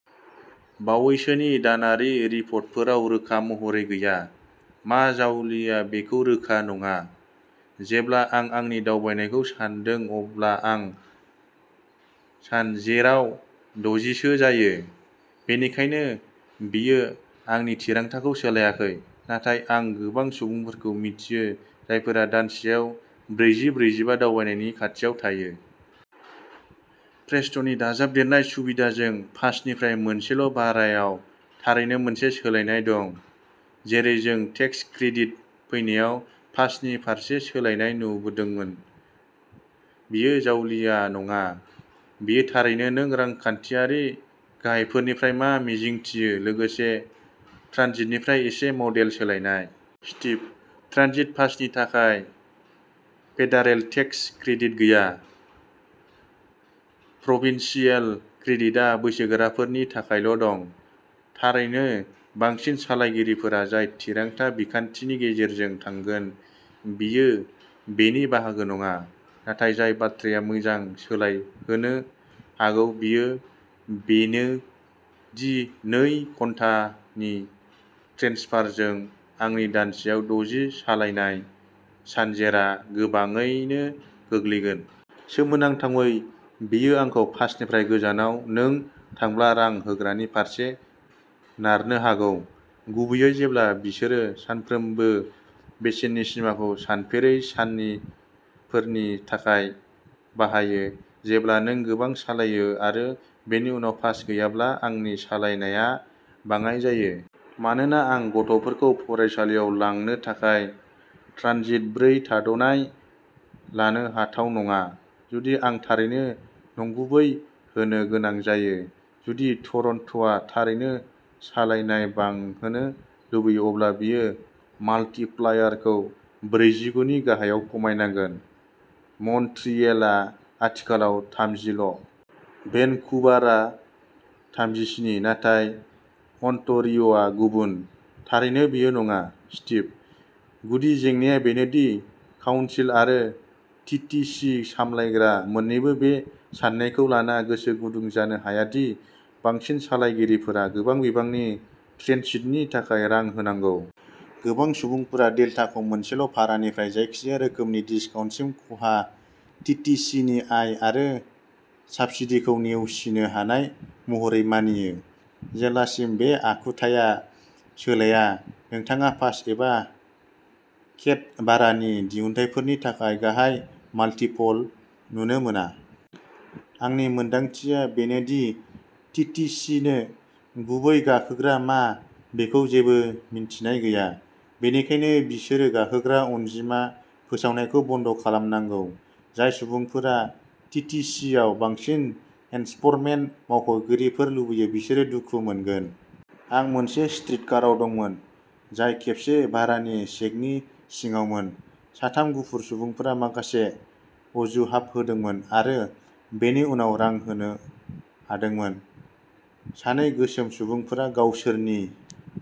बावैसोनि दानारि रिपरटफोराव रोखा महरै गैया। मा जावलिया बेखौ रोखा नङा। जेब्ला आं आंनि दावबायनायखौ सानदों अब्ला आं सानजेराव दजि सो जायो। बेनिखायनो बेयो आंनि थिरांथाखौ सोलायाखै। नाथाय आं गोबां सुबुंफोरखौ मिथियो जायफोरा दानसेआव ब्रैजि-ब्रैजिबा दावबायनायनि खाथियाव थायो। प्रेस्ट'नि दाजाबदेरनाय सुबिदाजों पासनिफ्राय मोनसेल' भारायाव थारैनो मोनसे सोलायनाय दं। जेरै जों टेक्स क्रेडिट फैनायाव पासनि फारसे सोलायनाय नुदोंमोन। बेयो जावलिया नङा। बेयो थारैनो नों रांखान्थियारि गाहायफोरनिफ्राय मा मिजिंथियो। लोगोसे ट्रानजिटनिफ्राय एसे मडेल सोलायनाय। स्टीभः ट्रानजिट पासनि थाखाय फेडारेल टेक्स क्रेडिट गैया। प्रभिन्सियेल क्रेडिटआ बैसोगोराफोरनि थाखायल' दं। थारैनो बांसिन सालायगिरिफोरा जाय थिरांथा बिखान्थिनि गेजेरजों थांगोन बेयो बेनि बाहागो नङा। नाथाय जाय बाथ्राया मोजां सोलायहोनो हागौ बेयो बेनो दि नै घन्टानि ट्रेन्सफारजों आंनि दानसेआव दजि सालायनाय सानजेरआ गोबाङैनो गोग्लैगोन। सोमोनांथावै बेयो आंखौ पासनिफ्राय गोजानाव नों थांब्ला रां होग्रानि फारसे नारनो हागौ। गुबैयै जेब्ला बिसोरो सानफ्रामबो बेसेननि सिमाखौ सानफेरै सानफोरनि थाखाय बाहायो। जेब्ला नों गोबां सालायो आरो बेनि उनाव पास गैयाब्ला आंनि सालायनायआ बाङाइ जायो। मानोना आं गथ'फोरखौ फरायसालियाव लांनो थाखाय ट्रानजिट ब्रै थाद'नाय लानो हाथाव नङा। जुदि आं थारैनो नंगुबै होनो गोनां जायो। जुदि टरन्ट'आ थारैनो सालायनाय बांहोनो लुबैयो अब्ला बिसोरो माल्टिप्लायरखौ ब्रैजिगु नि गाहायाव खमायनांगोन। मन्ट्रियेलआ आथिखालाव थामजि ल'। भेनकुभार आ थामजिस्नि। नाथाय अन्टारिय'आ गुबुन। थारैनो बेयो नङा। स्टिभः गुदि जेंनाया बेनो दि काउन्सिल आरो टि टि सि सामलायग्रा मोननैबो बे साननायखौ लाना गोसो गुदुं जानो हाया दि बांसिन सालायगिरिफोरा गोबां बिबांनि ट्रेन्सितनि थाखाय रां होनांगौ। गोबां सुबुंफोरा डेल्टाखौ मोनसेल' भारानिफ्राय जायखिजाया रोखोमनि डिस्काउन्टसिम खहा टि टि सि नि आय आरो साबसिडिखौ नेवसिनो हानाय महरै मानियो। जेब्लासिम बे आखुथाया सोलाया नोंथाङा पास एबा केप्ड भारानि दिहुनथायफोरनि थाखाय गाहाय माल्टिपल नुनो मोना। आंनि मोनदांथिआ बेनो दि टि टि सि नो गुबै गाखोग्रा मा बेखौ जेबो मिन्थिनाय गैया। बेनिखायनो बिसोरो गाखोग्रा अनजिमा फोसावनायखौ बन्द खालामनांगौ। जाय सुबुंफोरा टि टि सि आव बांसिन एनफर्समेन्ट मावख'गिरिफोर लुबैयो बिसोरो दुखु मोनगोन। आं मोनसे स्ट्रीटकाराव दंमोन जाय खेबसे भारानि चेकनि सिङावमोन। साथाम गुफुर सुबुंफोरा माखासे अजुहाब होदोंमोन आरो बेनि उनाव रां होनो हादोंमोन। सानै गोसोम सुबुंफोरा गावसोरनि